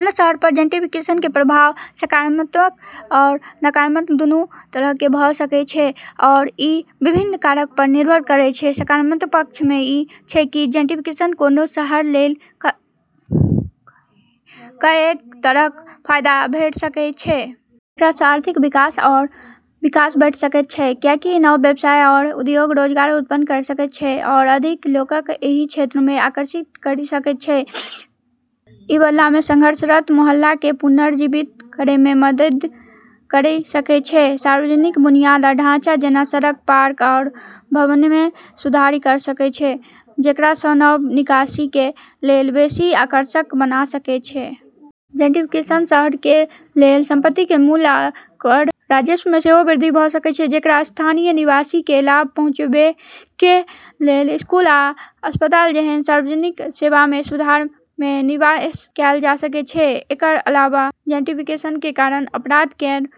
कोनो शहर पर जेंट्रिफिकेशन केर प्रभाव सकारात्मक आओर नकारात्मक दुन्नु तरहके भ' सकै छै आओर ई विभिन्न कारक पर निर्भर करै छै। सकारात्मक पक्ष ई छै कि जेंट्रीफिकेशनसँ कोनो शहर लेल कएक तरहक फाइदा भेट सकैत छै। एकरासँ आर्थिक विकास आओर विकास बढ़ि सकैत छै, किएकि नव व्यवसाय आओर उद्योग रोजगार उत्पन्न करि सकैत छै आओर अधिक लोकके एहि क्षेत्रमे आकर्षित करि सकैत छै। ई बदलामे संघर्षरत मोहल्लाके पुनर्जीवित करैमे मदति करि सकय छै, सार्वजनिक बुनियादी ढाँचा, जेना सड़क, पार्क, आ भवनमे सुधार करि सकै छै, जेकरासँ नव निवासीके लेल बेशी आकर्षक बना सकै छै । जेंट्रिफिकेशनसँ शहरके लेल संपत्तिके मूल्य आ कर राजस्वमे सेहो वृद्धि भ' सकै छै, जेकरा स्थानीय निवासीके लाभ पहुँचाबैके लेल स्कूल आ अस्पताल जेहन सार्वजनिक सेवामे सुधारमे निवेश कैल जा सकै छै । एकर अलावा जेंट्रिफिकेशनके कारण अपराध केर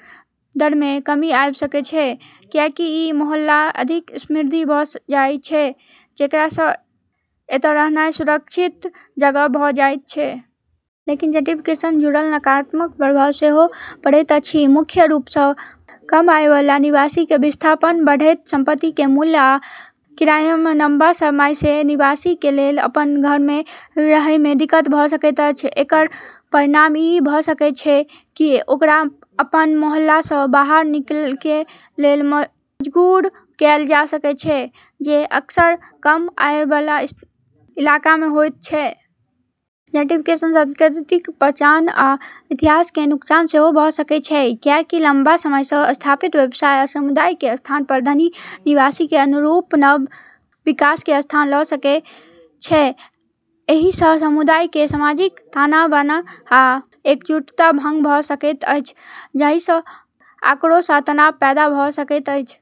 दरमे कमी आबि सकै छै, किएकि ई मोहल्ला अधिक समृद्ध भ' जाइ छै, जेकरासँ एतऽ रहनाइ सुरक्षित जगह भ' जाइत छै। लेकिन जेंट्रिफिकेशनसँ जुड़ल नकारात्मक प्रभाव सेहो पड़ैत अछि, मुख्य रूपसँ कम आयबला निवासीके विस्थापन । बढ़ैत संपत्तिके मूल्य आ किरायामे लंबा समयसँ निवासीके लेल अपन घरमे रहयमे दिक्कत भ' सकैत अछि । एकर परिणाम ई भ' सकै छै कि ओकरा अपन मोहल्लासँ बाहर निकलैके लेल मजबूर कैल जा सकै छै, जे अक्सर कम आयबला इलाकामे होइत छै । जेंट्रिफिकेशनसँ सांस्कृतिक पहचान आ इतिहासके नुकसान सेहो भ' सकै छै, किएकि लम्बा समयसँ स्थापित व्यवसाय आ समुदायके स्थान पर धनी निवासीके अनुरूप नव विकासके स्थान ल' सकै सकय छै । एहिसँ समुदायके सामाजिक ताना-बाना आ एकजुटता भंग भ' सकैत अछि, जाहिसँ आक्रोश आ तनाव पैदा भ' सकैत अछि।